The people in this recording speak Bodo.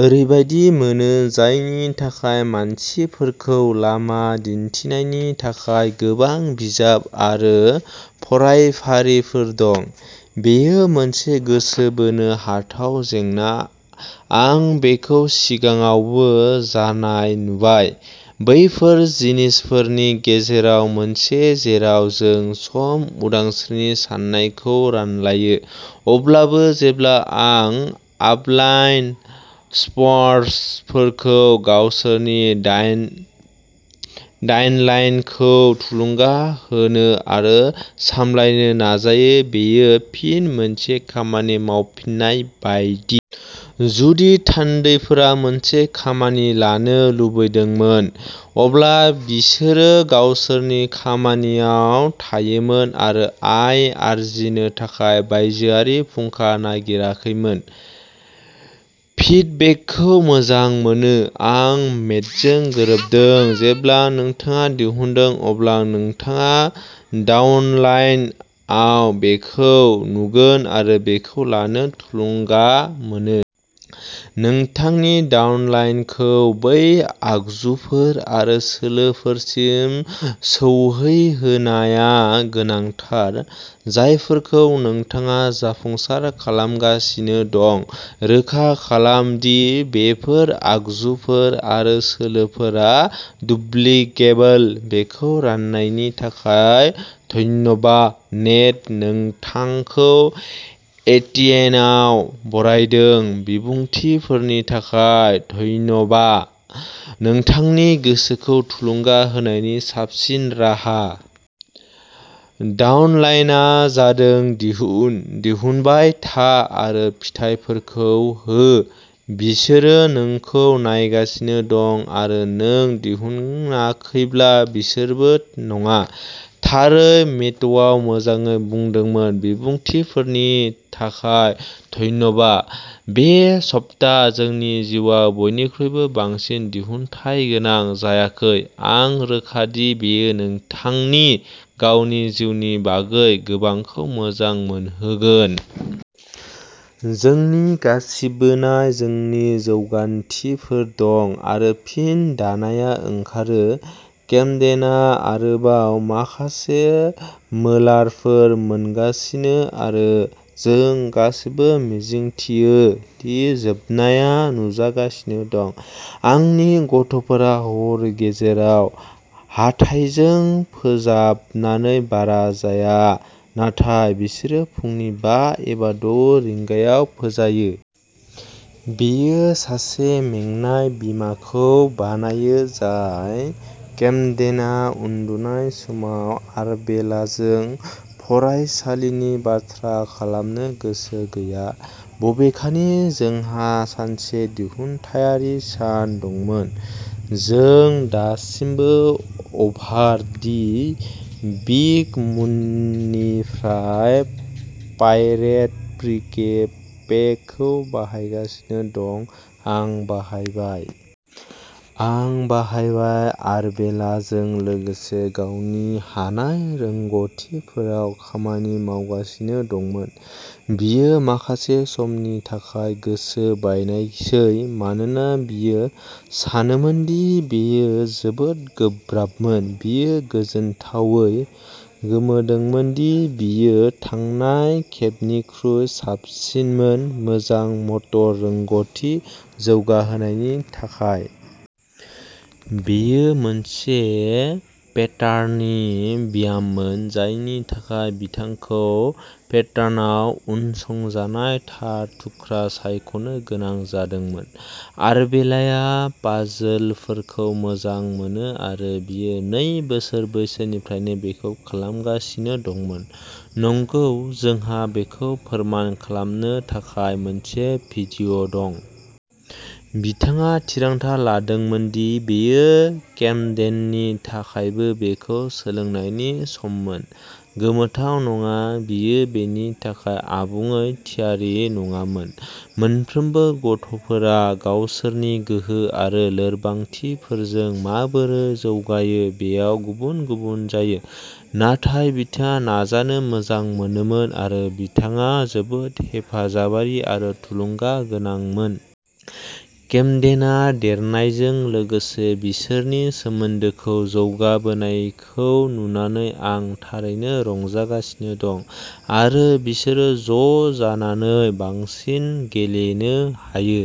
ओरैबायदि मोनो, जायनि थाखाय मानसिफोरखौ लामा दिन्थिनायनि थाखाय गोबां बिजाब आरो फरायफारिफोर दं। बेयो मोनसे गोसो बोनो हाथाव जेंना। आं बेखौ सिगाङावबो जानाय नुबाय। बैफोर जिनिसफोरनि गेजेराव मोनसे जेराव जों सम उदांस्रिनि साननायखौ रानलायो, अब्लाबो जेब्ला आं आपलाइन स्पन्सर्सफोरखौ गावसोरनि डाइनलाइनखौ थुलुंगा होनो आरो सामलायनो नाजायो, बेयो फिन मोनसे खामानि मावफिन्नाय बायदि। जुदि थान्दैफोरा मोनसे खामानि लानो लुबैदोंमोन, अब्ला बिसोरो गावसोरनि खामानियाव थायोमोन आरो आय आर्जिनो थाखाय बायजोआरि फुंखा नागिराखैमोन। फिडबेकखौ मोजां मोनो! आं मेटजों गोरोबदों। जेब्ला नोंथाङा दिहुनदों, अब्ला नोंथाङा डाउनलाइनआव बेखौ नुगोन आरो बेखौ लानो थुलुंगा मोनो। नोंथांनि डाउनलाइनखौ बै आगजुफोर आरो सोलोफोरसिम सौहैहोनायआ गोनांथार, जायफोरखौ नोंथाङा जाफुंसार खालामगासिनो दं। रोखा खालाम दि बेफोर आगजुफोर आरो सोलोफोरा डुप्लिकेबल। बेखौ राननायनि थाखाय धन्यबा, नेट! नोंथांखौ एटियेन'आव बरायदों। बिबुंथिफोरनि थाखाय धन्यबा! नोंथांनि गोसोखौ थुलुंगा होनायनि साबसिन राहा। डाउनलाइनआ जादों... दिहुन! दिहुनबाय था आरो फिथायफोरखौ हो। बिसोरो नोंखौ नायगासिनो दं आरो नों दिहुनाखैब्ला बिसोरबो नङा। थारै, मेटआव मोजाङै बुंदोंमोन। बिबुंथिफोरनि थाखाय धन्यबा! बे सप्ता जोंनि जिउआव बयनिख्रुइबो बांसिन दिहुनथायगोनां जायाखै। आं रोखा दि बेयो नोंथांनि गावनि जिउनि बागै गोबांखौ मोजां मोनहोगोन। जोंनि गासिबोनाव जोंनि जौगान्थिफोर दं... आरो फिन दानाया ओंखारो! केमडेनआ आरोबाव माखासे मोलारफोर मोनगासिनो, आरो जों गासैबो मिजिंथियो दि जोबनाया नुजागासिनो दं। आंनि गथ'फोरा हर गेजेराव हाथाइजों फोजाबनानै बारा जाया, नाथाय बिसोरो फुंनि बा एबा द रिंगायाव फोजायो। बेयो सासे मेंनाय बिमाखौ बानायो जाय केमडेनआ उन्दुनाय समाव आरबेलाजों "फरायसालिनि बाथ्रा" खालामनो गोसो गैया। बबेखानि, जोंहा सानसे दिहुनथायारि सान दंमोन। जों दासिमबो अभार दि बिग मुननिफ्राय पाइरेट प्रि-के पेकखौ बाहायगासिनो दं। आं बाहायबाय। आं बाहायबाय। आरबेलाजों लोगोसे गावनि हानाय रोंग'थिफोराव खामानि मावगासिनो दंमोन। बियो माखासे समनि थाखाय गोसो बायनायसै मानोना बियो सानोमोन दि बेयो जोबोद गोब्राबमोन। बियो गोजोनथावै गोमोदोंमोन दि बियो थांनाय खेबनिख्रुइ साबसिनमोन। मोजां मटर रोंग'थि जौगाहोनायनि थाखाय! बेयो मोनसे पेटार्निं ब्याममोन जायनि थाखाय बिथांखौ पेटार्नाव उनसंजानाय थार थुख्रा सायख'नो गोनां जादोंमोन। आरबेलाया पाजोलफोरखौ मोजां मोनो आरो बियो नै बोसोर बैसोनिफ्रायनो बेखौ खालामगासिनो दंमोन। नंगौ, जोंहा बेखौ फोरमान खालामनो थाखाय मोनसे भिडिय'दं। बिथाङा थिरांथा लादोंमोन दि बेयो केमडेननि थाखायबो बेखौ सोलोंनायनि सममोन। गोमोथाव नङा, बियो बेनि थाखाय आबुङै थियारि नङामोन। मोनफ्रोमबो गथ'फोरा गावसोरनि गोहो आरो लोरबांथिफोरजों माबोरै जौगायो बेयाव गुबुन-गुबुन जायो। नाथाय बिथाङा नाजानो मोजां मोनोमोन, आरो बिथाङा जोबोद हेफाजाबारि आरो थुलुंगागोनांमोन। केमडेनआ देरनायजों लोगोसे बिसोरनि सोमोन्दोखौ जौगाबोनायखौ नुनानै आं थारैनो रंजागासिनो दं, आरो बिसोरो ज'जानानै बांसिन गेलेनो हायो।